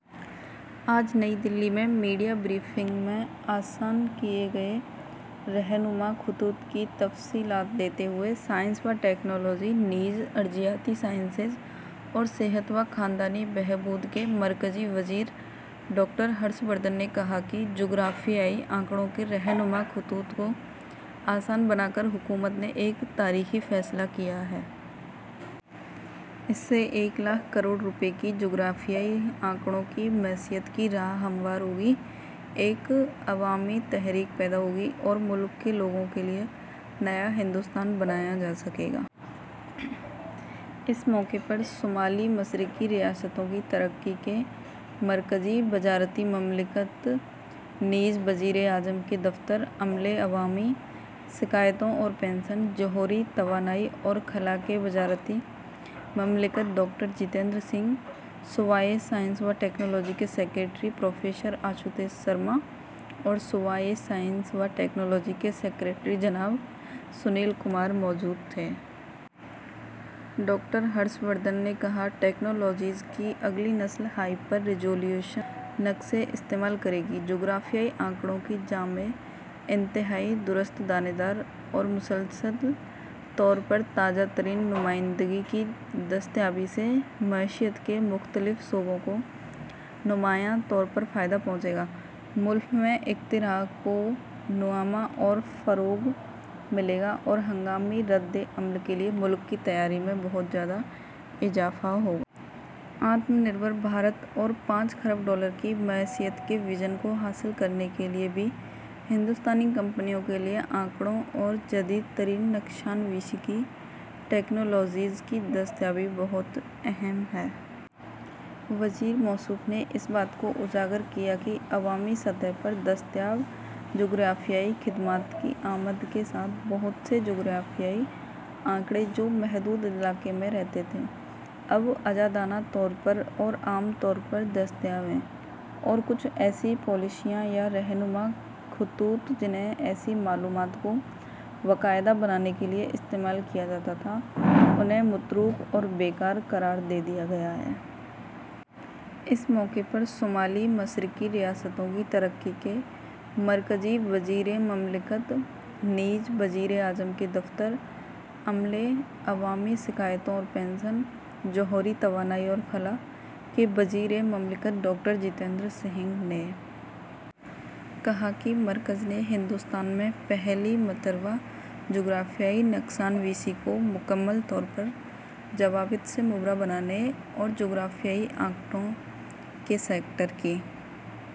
آج نئی دہلی میں میڈیا بریفنگ میں آسان کردہ رہنما خطوط کی تفصیلات دیتے ہوئے سائنس و ٹیکنالوجی، نیز ارضیاتی سائنسز اور صحت و خاندانی بہبود کے مرکزی وزیر ڈاکٹر ہرش وردھن نے کہا کہ جغرافیائی اعداد و شمار کے رہنما خطوط کو آسان بنا کر حکومت نے ایک تاریخی فیصلہ کیا ہے۔ اس سے ایک لاکھ کروڑ روپے کی جغرافیائی اعداد و شمار کی معیشت کی راہ ہموار ہوگی، ایک عوامی تحریک پیدا ہوگی اور ملک کے لوگوں کے لیے نیا ہندوستان بنایا جا سکے گا۔ اس موقع پر شمال مشرقی ریاستوں کی ترقی کے مرکزی وزیر مملکت، نیز وزیر اعظم کے دفتر، عملے، عوامی شکایات اور پنشن، جوہری توانائی اور خلا کے وزیر مملکت ڈاکٹر جتیندر سنگھ، محکمہ برائے سائنس و ٹیکنالوجی کے سکریٹری پروفیسر آشوتوش شرما اور محکمہ برائے سائنس و ٹیکنالوجی کے سکریٹری جناب سنیل کمار موجود تھے۔ ڈاکٹر ہرش وردھن نے کہا، "ٹیکنالوجیز کی اگلی نسل ہائپر ریزولوشن نقشے استعمال کرے گی۔ جغرافیائی اعداد و شمار کی جامع، انتہائی درست، دانے دار اور مستقل طور پر تازہ ترین نمائندگی کی دستیابی سے معیشت کے متنوع شعبوں کو نمایاں طور پر فائدہ پہنچے گا، ملک میں اختراع کو نمایاں طور پر فروغ ملے گا اور ہنگامی ردعمل کے لیے ملک کی تیاری میں بہت زیادہ اضافہ ہوگا۔ آتم نربھر بھارت اور پانچ کھرب ڈالر کی معیشت کے وژن کو حاصل کرنے کے لیے بھی ہندوستانی کمپنیوں کے لیے اعداد و شمار اور جدید ترین نقشہ سازی کی ٹیکنالوجیز کی دستیابی بہت اہم ہے۔ وزیر موصوف نے اس بات کو اجاگر کیا کہ "عوامی سطح پر دستیاب جغرافیائی خدمات کی آمد کے ساتھ، بہت سے جغرافیائی اعداد و شمار جو محدود خطے میں رہتے تھے، اب آزادانہ طور پر اور عام طور پر دستیاب ہیں، اور کچھ ایسی پالیسیاں یا رہنما خطوط جنہیں ایسی معلومات کو باقاعدہ بنانے کے لیے استعمال کیا جاتا تھا، انہیں متروک اور بے کار قرار دے دیا گیا ہے۔" اس موقع پر شمال مشرقی ریاستوں کی ترقی کے مرکزی وزیر مملکت، نیز وزیر اعظم کے دفتر، عملے، عوامی شکایات اور پنشن، جوہری توانائی اور خلا کے وزیر مملکت ڈاکٹر جتیندر سنگھ نے کہا کہ مرکز نے ہندوستان میں پہلی مرتبہ جغرافیائی نقشہ سازی کو مکمل طور پر ضابطوں سے مبرا بنانے اور جغرافیائی اعداد و شمار کے سیکٹر کی